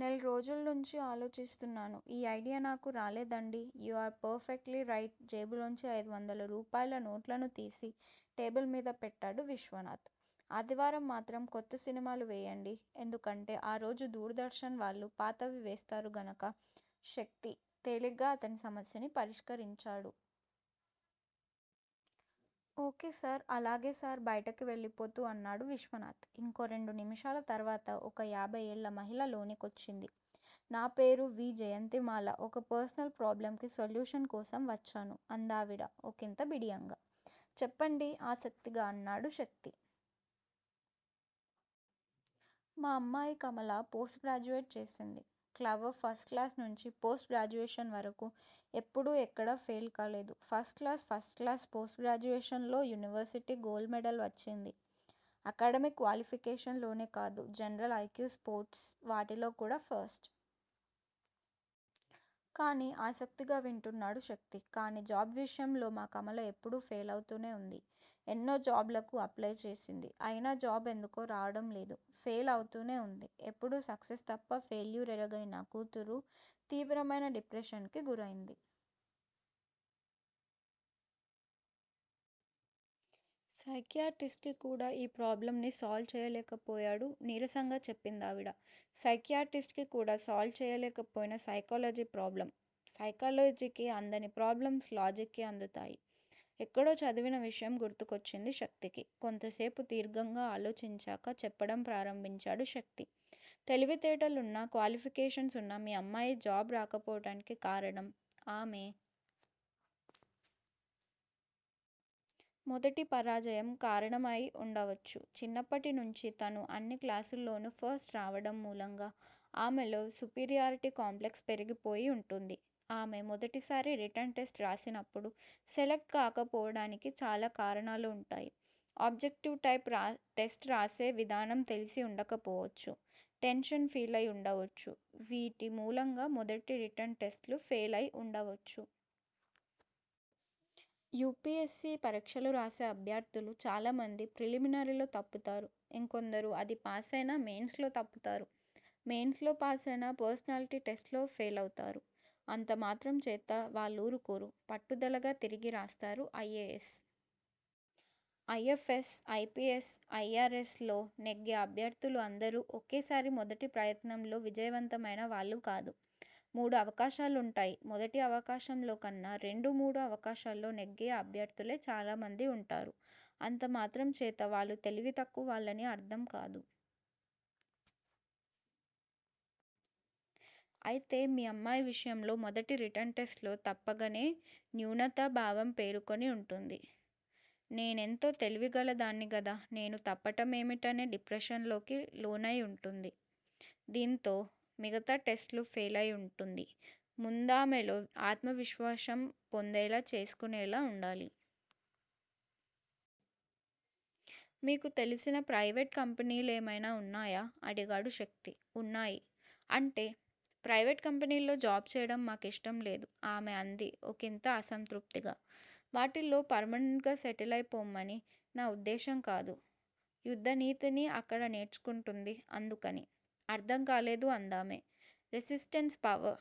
నెల్రోజుల్నించీ ఆలోచిస్తున్నాను. ఈ ఐడియా నాకు రాలేదండి. You are perfectly right జేబులోంచి ఐదువందల రూపాయల నోట్లను తీసి టేబిల్ మీద పెట్టాడు విశ్వనాథ్. ఆదివారం మాత్రం కొత్త సినిమాలు వెయ్యండి- ఎందుకంటే ఆ రోజు దూరదర్శన్ వాళ్ళు పాతవి వేస్తారు గనుక శక్తి తేలిగ్గా అతని సమస్యని పరిష్కరించాడు. ఓ. కే. సార్ అలాగే సర్ బయటికి వెళ్ళిపోతూ అన్నాడు విశ్వనాథ్? ఇంకో రెండు నిమిషాల తర్వాత ఒక యాభయ్ ఏళ్ళ మహిళ లోనికొచ్చింది. నా పేరు వి. జయంతిమాల ఒక పర్సనల్ ప్రోబ్లమ్ కి సొల్యూషన్ కోసం వచ్చాను. అందావిడ ఒకింత బిడియంగా. చెప్పండి ఆసక్తిగా అన్నాడు శక్తి. మా అమ్మాయి కమల- పోస్టుగ్రాడ్యుయేట్ చేసింది. క్లవర్ ఫస్ట్ క్లాస్ నుంచి పోస్ట్ గ్రాడ్యుయేషన్ వరకూ ఎప్పుడూ ఎక్కడా ఫెయిల్ కాలేదు. ఫస్ట్ క్లాస్ ఫస్టుక్లాస్ పోస్టుగ్రాడ్యుయేషన్ లో యూనివర్శిటీ గోల్డ్ మెడల్ వచ్చింది. అకాడమిక్ క్వాలిఫికేషన్ లోనే కాదు. జనరల్ ఐక్యూ స్పోర్ట్స్ వాటిలో కూడా ఫస్ట్. కానీ ఆసక్తిగా వింటున్నాడు శక్తి. కానీ జాబ్ విషయంలో మా కమల ఎప్పుడూ ఫెయిలౌతూనే వుంది. ఎన్నో జాబ్ లకు అప్లయ్ చేసింది. అయినా జాబ్ ఎందుకో రావడం లేదు. ఫెయిల్ అవుతూనే వుంది. ఎపుడూ సక్సెస్ తప్ప ఫెయిల్యూర్ ఎరగని నా కూతురు తీవ్రమైన డిప్రెషన్ కి గురయింది. సైక్రియాటిస్ట్ కు కూడా ఈ ప్రాబ్లమ్ ని సాల్వ్ చెయ్యలేకపోయాడు నీరసంగా చెప్పిందావిడ. సైక్రియాటిస్ట్ కి కూడా సాల్వ్ చెయ్యలేకపోయిన సైకాలజీ ప్రోబ్లమ్? సైలకాలజీకి అందని ప్రోబ్లమ్స్, లాజిక్ కి అందుతాయి. ఎక్కడో చదివిన విషయం గుర్తుకొచ్చింది శక్తికి. కొంతసేపు దీర్ఘంగా ఆలోచించాక చెప్పడం ప్రారంభించాడు శక్తి- తెలివితేటలున్నా- క్వాలిఫికేషన్స్ ఉన్నా మీ అమ్మాయికి జాబ్ రాకపోవటానికి కారణం. ఆమె మొదటి పరాజయం కారణమయి వుండవచ్చు. చిన్నప్పటి నుంచి తను అన్ని క్లాసుల్లోనూ ఫస్ట్ రావటం మూలంగా ఆమెలో సుపీరియారిటీ కాంప్లెక్స్ పెరిగిపోయి ఉంటుంది. ఆమె మొదటిసారి రిటన్ టెస్ట్ రాసినప్పుడు సెలక్ట్ కాకపోవటానికి చాలా కారణాలు ఉంటాయి. ఆబ్జెక్టివ్ టైప్ టెస్ట్ రాసే విధానం తెలిసి ఉండకపోవచ్చు- టెన్షన్ ఫీలయి ఉండవచ్చు- వీటిమూలంగా మొదటి రిటన్ టెస్ట్ లు ఫెయిల్ అయి ఉండవచ్చు. యు. పి. ఎస్. సి. పరీక్షలు రాసే అభ్యర్థులు చాలామంది ప్రిలిమినరీలో తప్పుతారు. ఇంకొందరు అది పాసయినా మెయిన్స్ లో తప్పుతారు. మెయిన్స్ లో పాసయినా పర్సనాలిటీ టెస్ట్ లో ఫెయిలవుతారు. అంతమాత్రం చేత వాళ్ళూరుకోరు. పట్టుదలగా తిరిగి రాస్తారు. I. A. S., I. F. S., I. P. S., I. R. S. ల్లో నెగ్గే అభ్యర్థులు అందరూ ఒకేసారి మొదటి ప్రయత్నంలో విజయవంతమైన వాళ్ళు కాదు. మూడు అవకాశాలుంటాయి. మొదటి అవకాశంలో కన్నా, రెండు, మూడు అవకాశాల్లో నెగ్గే అభ్యర్థులే చాలామంది ఉంటారు. అంత మాత్రం చేత వాళ్ళు తెలివి తక్కువవాళ్ళని అర్థం కాదు. అయితే మీ అమ్మాయి విషయంలో మొదటి రిటన్ టెస్ట్ లో తప్పగానే న్యూనతా భావం పేరుకుని ఉంటుంది. నేనెంతో తెలివిగలదాన్ని గదా? నేను తప్పటమేమిటనే డిప్రెషన్ కి లోనయి వుంటుంది. దీంతో మిగతా టెస్ట్ లు ఫెయిలయి ఉంటుంది. ముందామెలో ఆత్మవిశ్వాసం పొందేలా చేసుకొనేలా ఉండాలి. మీకు తెలిసిన ప్రయివేట్ కంపెనీలేమైనా ఉన్నాయా? అడిగాడు శక్తి. ఉన్నాయి. అంటే? ప్రైవేట్ కంపెనీల్లో జాబ్ చేయడం మా కిష్టం లేదు ఆమె అంది ఒకింత అసంతృప్తిగా. వాటిల్లో పర్మినెంట్ గా సెటిలైపొమ్మని నా ఉద్దేశం కాదు. యుద్ధనీతిని అక్కడ నేర్చుకుంటుంది. అందుకని. అర్థం కాలేదు అందామె. Resistance power